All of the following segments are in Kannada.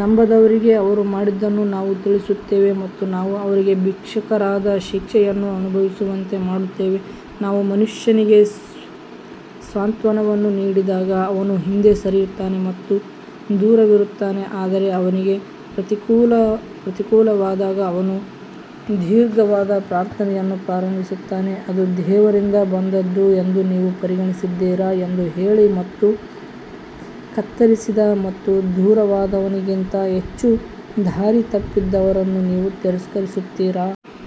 ನಂಬದವರಿಗೆ ಅವರು ಮಾಡಿದ್ದನ್ನು ನಾವು ತಿಳಿಸುತ್ತೇವೆ ಮತ್ತು ನಾವು ಅವರಿಗೆ ಭೀಕರವಾದ ಶಿಕ್ಷೆಯನ್ನು ಅನುಭವಿಸುವಂತೆ ಮಾಡುತ್ತೇವೆ ನಾವು ಮನುಷ್ಯನಿಗೆ ಸಾಂತ್ವನವನ್ನು ನೀಡಿದಾಗ ಅವನು ಹಿಂದೆ ಸರಿಯುತ್ತಾನೆ ಮತ್ತು ದೂರವಿರುತ್ತಾನೆ ಆದರೆ ಅವನಿಗೆ ಪ್ರತಿಕೂಲವಾದಾಗ ಅವನು ದೀರ್ಘವಾದ ಪ್ರಾರ್ಥನೆಯನ್ನು ಪ್ರಾರಂಭಿಸುತ್ತಾನೆ. ಅದು ದೇವರಿಂದ ಬಂದದ್ದು ಎಂದು ನೀವು ಪರಿಗಣಿಸಿದ್ದೀರಾ ಎಂದು ಹೇಳಿ ಮತ್ತು ಕತ್ತರಿಸಿದ ಮತ್ತು ದೂರವಾದವನಿಗಿಂತ ಹೆಚ್ಚು ದಾರಿತಪ್ಪಿದವರನ್ನು ನೀವು ತಿರಸ್ಕರಿಸುತ್ತೀರಾ?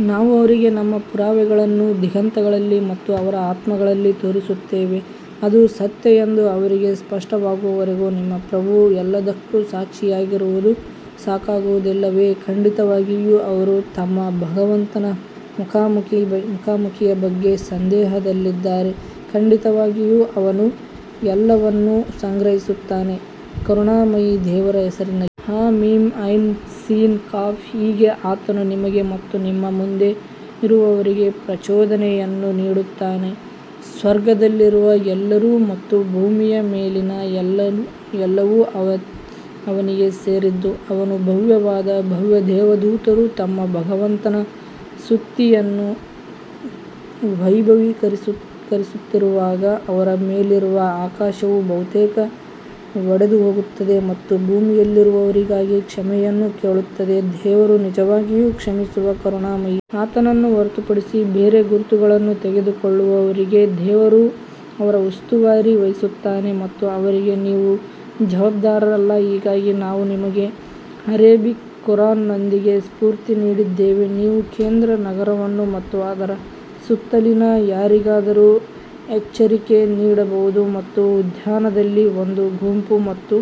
ನಾವು ಅವರಿಗೆ ನಮ್ಮ ಪುರಾವೆಗಳನ್ನು ದಿಗಂತಗಳಲ್ಲಿ ಮತ್ತು ಅವರ ಆತ್ಮಗಳಲ್ಲಿ ತೋರಿಸುತ್ತೇವೆ ಅದು ಸತ್ಯ ಎಂದು ಅವರಿಗೆ ಸ್ಪಷ್ಟವಾಗುವವರೆಗೆ ನಿಮ್ಮ ಪ್ರಭು ಎಲ್ಲದಕ್ಕೂ ಸಾಕ್ಷಿಯಾಗಿರುವುದು ಸಾಕಾಗುವುದಿಲ್ಲವೇ? ಖಂಡಿತವಾಗಿಯೂ ಅವರು ತಮ್ಮ ಭಗವಂತನ ಮುಖಾಮುಖಿಯ ಬಗ್ಗೆ ಸಂದೇಹದಲ್ಲಿದ್ದಾರೆ, ಖಂಡಿತವಾಗಿಯೂ ಅವನು ಎಲ್ಲವನ್ನೂ ಗ್ರಹಿಸುತ್ತಾನೆ ಕರುಣಾಮಯಿ ದೇವರ ಹೆಸರಿನಲ್ಲಿ ಹಾ ಮೀಮ್ ಐನ್ ಸೀನ್ ಕಾಫ್ ಹೀಗೆ ಆತನು ನಿಮಗೆ ಮತ್ತು ನಿಮ್ಮ ಮುಂದೆ ಇರುವವರಿಗೆ ಪ್ರಚೋದನೆಯನ್ನು ನೀಡುತ್ತಾನೆ ಸ್ವರ್ಗದಲ್ಲಿರುವ ಎಲ್ಲವೂ ಮತ್ತು ಭೂಮಿಯ ಮೇಲಿನ ಎಲ್ಲವೂ ಅವನಿಗೆ ಸೇರಿದ್ದು, ಅವನು ಭವ್ಯವಾದ ಭವ್ಯ ದೇವದೂತರು ತಮ್ಮ ಭಗವಂತನ ಸ್ತುತಿಯನ್ನು ವೈಭವೀಕರಿಸುತ್ತಿರುವಾಗ ಅವರ ಮೇಲಿರುವ ಆಕಾಶವು ಬಹುತೇಕ ಒಡೆದುಹೋಗುತ್ತದೆ ಮತ್ತು ಭೂಮಿಯಲ್ಲಿರುವವರಿಗಾಗಿ ಕ್ಷಮೆಯನ್ನು ಕೇಳುತ್ತದೆ, ದೇವರು ನಿಜವಾಗಿಯೂ ಕ್ಷಮಿಸುವ ಕರುಣಾಮಯಿ. ಆತನನ್ನು ಹೊರತುಪಡಿಸಿ ಬೇರೆ ಗುರುಗಳನ್ನು ತೆಗೆದುಕೊಳ್ಳುವವರಿಗೆ ದೇವರು ಅವರ ಉಸ್ತುವಾರಿ ವಹಿಸುತ್ತಾನೆ ಮತ್ತು ಅವರಿಗೆ ನೀವು ಜವಾಬ್ದಾರರಲ್ಲ ಹೀಗಾಗಿ ನಾವು ನಿಮಗೆ ಅರೇಬಿಕ್ ಖುರಾನ್ನೊಂದಿಗೆ ಸ್ಫೂರ್ತಿ ನೀಡಿದ್ದೇವೆ, ನೀವು ಕೇಂದ್ರ ನಗರವನ್ನು ಮತ್ತು ಅದರ ಸುತ್ತಲಿನ ಯಾರಿಗಾದರೂ ಎಚ್ಚರಿಕೆ ನೀಡಬಹುದು ಮತ್ತು ಉದ್ಯಾನದಲ್ಲಿ ಒಂದು ಗುಂಪು ಮತ್ತು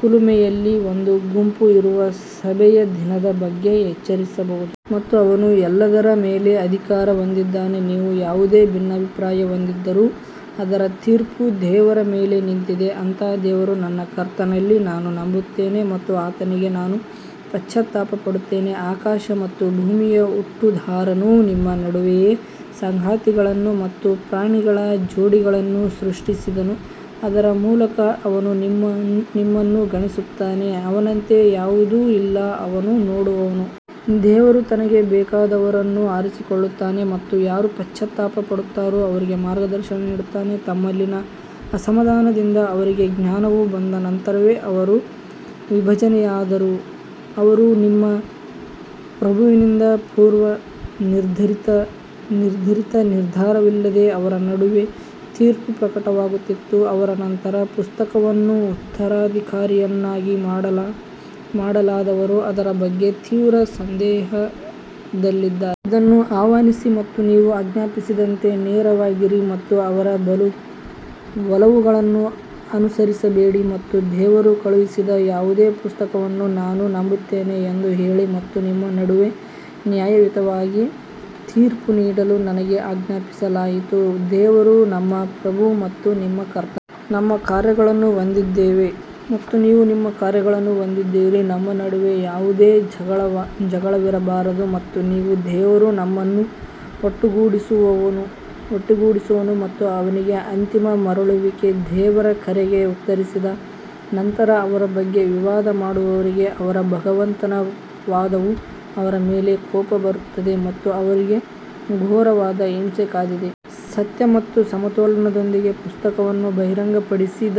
ಕುಲುಮೆಯಲ್ಲಿ ಒಂದು ಗುಂಪು ಇರುವ ಸಭೆಯ ದಿನದ ಬಗ್ಗೆ ಎಚ್ಚರಿಸಬಹುದು. ಮತ್ತು ಅವನು ಎಲ್ಲದರ ಮೇಲೆ ಅಧಿಕಾರ ಹೊಂದಿದ್ದಾನೆ ನೀವು ಯಾವುದೇ ಭಿನ್ನಾಭಿಪ್ರಾಯ ಹೊಂದಿದ್ದರೂ ಅದರ ತೀರ್ಪು ದೇವರ ಮೇಲೆ ನಿಂತಿದೆ ಅಂತಹ ದೇವರು ನನ್ನ ಕರ್ತನಲ್ಲಿ ನಾನು ನಂಬುತ್ತೇನೆ ಮತ್ತು ಆತನಿಗೆ ನಾನು ಪಶ್ಚಾತ್ತಾಪ ಪಡುತ್ತೇನೆ ಆಕಾಶ ಮತ್ತು ಭೂಮಿಯ ಹುಟ್ಟುದಾರನು ನಿಮ್ಮ ನಡುವೆಯೇ ಸಂಗಾತಿಗಳನ್ನು ಮತ್ತು ಪ್ರಾಣಿಗಳ ಜೋಡಿಗಳನ್ನು ಸೃಷ್ಟಿಸಿದನು, ಅದರ ಮೂಲಕ ಅವನು ನಿಮ್ಮನ್ನು ಗುಣಿಸುತ್ತಾನೆ ಅವನಂತೆ ಯಾವುದೂ ಇಲ್ಲ, ಅವನು ನೋಡುವವನು. ದೇವರು ತನಗೆ ಬೇಕಾದವರನ್ನು ಆರಿಸಿಕೊಳ್ಳುತ್ತಾನೆ ಮತ್ತು ಯಾರು ಪಶ್ಚಾತ್ತಾಪ ಪಡುತ್ತಾರೋ ಅವರಿಗೆ ಮಾರ್ಗದರ್ಶನ ನೀಡುತ್ತಾನೆ ತಮ್ಮಲ್ಲಿನ ಅಸಮಾಧಾನದಿಂದ ಅವರಿಗೆ ಜ್ಞಾನವು ಬಂದ ನಂತರವೇ ಅವರು ವಿಭಜನೆಯಾದರು, ಅದು ನಿಮ್ಮ ಪ್ರಭುವಿನಿಂದ ಪೂರ್ವನಿರ್ಧರಿತ ನಿರ್ಧಾರವಿಲ್ಲದೆ ಅವರ ನಡುವೆ ತೀರ್ಪು ಪ್ರಕಟವಾಗುತ್ತಿತ್ತು, ಅವರ ನಂತರ ಪುಸ್ತಕವನ್ನು ಉತ್ತರಾಧಿಕಾರಿಯನ್ನಾಗಿ ಮಾಡಲಾದವರು ಅದರ ಬಗ್ಗೆ ತೀವ್ರ ಸಂದೇಹದಲ್ಲಿದ್ದಾರೆ. ಇದನ್ನು ಆಹ್ವಾನಿಸಿ ಮತ್ತು ನೀವು ಆಜ್ಞಾಪಿಸಿದಂತೆ ನೇರವಾಗಿರಿ ಮತ್ತು ಅವರ ಒಲವುಗಳನ್ನು ಅನುಸರಿಸಬೇಡಿ ಮತ್ತು ದೇವರು ಕಳುಹಿಸಿದ ಯಾವುದೇ ಪುಸ್ತಕವನ್ನು ನಾನು ನಂಬುತ್ತೇನೆ ಎಂದು ಹೇಳಿ ಮತ್ತು ನಿಮ್ಮ ನಡುವೆ ನ್ಯಾಯಯುತವಾಗಿ ತೀರ್ಪು ನೀಡಲು ನನಗೆ ಆಜ್ಞಾಪಿಸಲಾಯಿತು ದೇವರು ನಮ್ಮ ಪ್ರಭು ಮತ್ತು ನಿಮ್ಮ ಕರ್ತನು ನಮ್ಮ ಕಾರ್ಯಗಳನ್ನು ಹೊಂದಿದ್ದೇವೆ ಮತ್ತು ನೀವು ನಿಮ್ಮ ಕಾರ್ಯಗಳನ್ನು ಹೊಂದಿದ್ದೀರಿ ನಮ್ಮ ನಡುವೆ ಯಾವುದೇ ಜಗಳವಿರಬಾರದು ಮತ್ತು ನೀವು ದೇವರು ನಮ್ಮನ್ನು ಒಟ್ಟುಗೂಡಿಸುವನು ಮತ್ತು ಅವನಿಗೇ ಅಂತಿಮ ಮರಳುವಿಕೆ ದೇವರ ಕರೆಗೆ ಉತ್ತರಿಸಿದ ನಂತರ ಅವರ ಬಗ್ಗೆ ವಿವಾದ ಮಾಡುವವರಿಗೆ ಅವರ ಭಗವಂತನ ವಾದವು ಅವರ ಮೇಲೆ ಕೋಪ ಬರುತ್ತದೆ ಮತ್ತು ಅವರಿಗೆ ಘೋರವಾದ ಹಿಂಸೆ ಕಾದಿದೆ. ಸತ್ಯ ಮತ್ತು ಸಮತೋಲನದೊಂದಿಗೆ ಪುಸ್ತಕವನ್ನು ಬಹಿರಂಗಪಡಿಸಿದ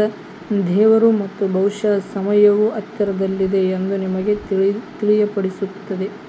ದೇವರು ಮತ್ತು ಬಹುಶಃ ಆ ಸಮಯವು ಹತ್ತಿರದಲ್ಲಿದೆ ಎಂದು ನಿಮಗೆ ತಿಳಿಯಪಡಿಸುತ್ತದೆ.